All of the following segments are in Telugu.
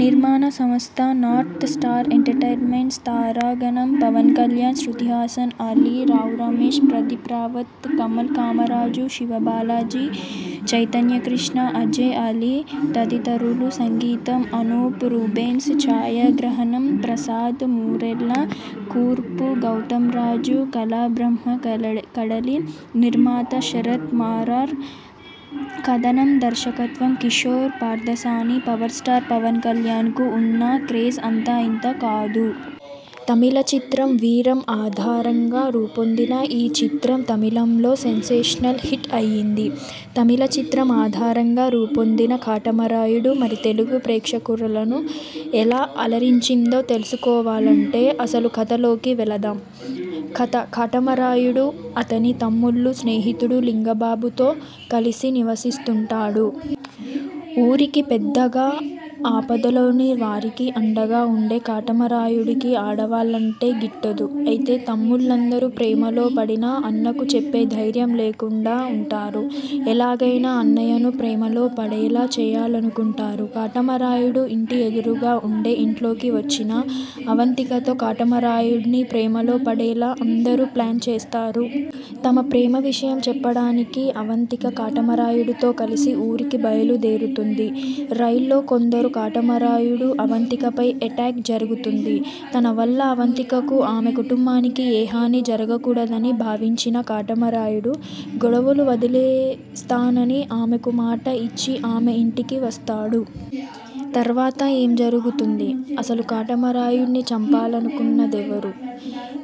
నిర్మాణ సంస్థ నార్త్ స్టార్ ఎంటర్టైన్మెంట్స్ తారాగణం పవన్ కళ్యాణ్, శృతిహాసన్, అలీ, రావు రమేష్, ప్రదీప్ రావత్, కమల్ కామరాజు, శివ బాలాజీ, చైతన్య కృష్ణ, అజయ్, అలీ తదితరులు సంగీతం అనూప్ రూబెన్స్, ఛాయాగ్రహణం ప్రసాద్ మూరెళ్ల, కూర్పు గౌతంరాజు, కళ బ్రహ్మ కళే కడలి, నిర్మాత శరత్ మరార్, కథనం దర్శకత్వం కిషోర్ పార్థసాని పవర్ స్టార్ పవన్ కళ్యాణ్ కు ఉన్న క్రేజ్ అంతా ఇంతా కాదు.. తమిళ చిత్రం వీరం ఆధారంగా రూపొందిన ఈ చిత్రం తమిళంలో సెన్సేషనల్ హిట్ అయ్యింది. తమిళ చిత్రం ఆధారంగా రూపొందిన కాటమరాయుడు మరి తెలుగు ప్రేక్షకులను ఎలా అలరించిందో తెలుసుకోవాలంటే అసలు కథలోకి వెళదాం. కథ కాటమరాయుడు, అతని తమ్ముళ్ళు, స్నేహితుడు లింగబాబు తో కలిసి నివసిస్తుంటాడు. ఊరికి పెద్దగా, ఆపదలోని వారికి అండగా ఉండే కాటమరాయుడుకి ఆడవాళ్ళంటే గిట్టదు. అయితే తమ్ముళ్ళందరూ ప్రేమలో పడినా అన్నకు చెప్పే ధైర్యం లేకుండా ఉంటారు. ఎలాగైనా అన్నయ్యను ప్రేమలో పడేలా చేయాలనుకుంటారు. కాటమరాయుడు ఇంటి ఎదురుగా ఉండే ఇంట్లోకి వచ్చిన అవంతికతో కాటమరాయుడుని ప్రేమలో పడేలా అందరూ ప్లాన్ చేస్తారు. తమ ప్రేమ విషయం చెప్పడానికి అవంతిక, కాటమరాయుడుతో కలిసి ఊరికి బయలుదేరుతుంది. రైలులో కొందరు కాటమరాయుడు, అవంతికపై ఎటాక్ జరుగుతుంది. తన వల్ల అవంతికకు, ఆమె కుటుంబానికి ఏ హాని జరగకూడదని భావించిన కాటమరాయుడు, గొడవలు వదిలేస్తానని ఆమెకు మాట ఇచ్చి ఆమె ఇంటికి వస్తాడు. తర్వాత ఏం జరుగుతుంది? అసలు కాటమరాయుడుని చంపాలనుకున్నదెవరు?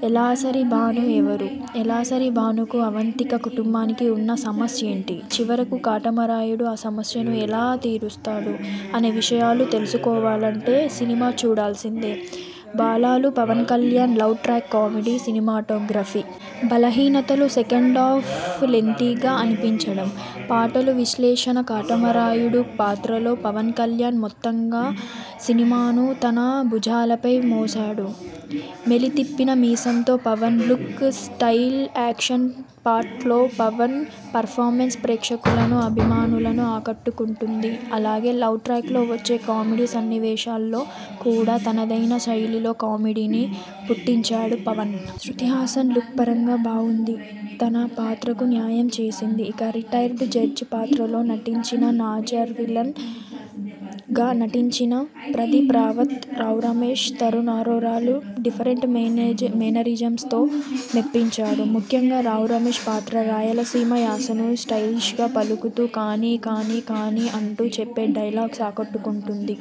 ఎలాసరి భాను ఎవరు? ఎలాసరి భానుకు, అవంతిక కుటుంబానికి ఉన్న సమస్యేంటి? చివరకు కాటమరాయుడు ఆ సమస్యను ఎలా తీరుస్తాడు? అనే విషయాలు తెలుసుకోవాలంటే సినిమా చూడాల్సిందే. బాలాలు Pawan Kalyan love track comedy, cinematography. బలహీనతలు సెకండాఫ్ లెంగ్తీగా అనిపించడం. పాటలు విశ్లేషణ కాటమరాయుడు పాత్రలో పవన్ కళ్యాణ్ మొత్తంగా సినిమాను తన భుజాలపై మోశాడు. మెలి తిప్పిన మీసంతో Pawan look, style, action part లో పవన్ పెర్ఫార్మెన్స్ ప్రేక్షకులను, అభిమానులను ఆకట్టుకుంటుంది. అలాగే లవ్ ట్రాక్ లో వచ్చే కామెడి సన్నివేశాల్లో కూడా తనదైన శైళిలో కామెడిని పుట్టించాడు పవన్. శృతిహాసన్ లుక్ పరంగా బావుంది. తన పాత్రకు న్యాయం చేసింది. ఇక రిటైర్డ్ జడ్జ్ పాత్రలో నటించిన నాజర్, విలన్ గా నటించిన ప్రదీప్ రావత్, రావు రమేష్, తరుణ్ ఆరోరాలు డిఫరెంట్ మేనేజ్ మేనరిజమ్స్ తో మెప్పించారు. ముఖ్యంగా రావు రమేష్ పాత్ర రాయలసీమ యాసను స్టైలిష్ గా పలుకుతూ కానీ కానీ కానీ అంటూ చెప్పే డైలాగ్స్ ఆకట్టుకుంటుంది.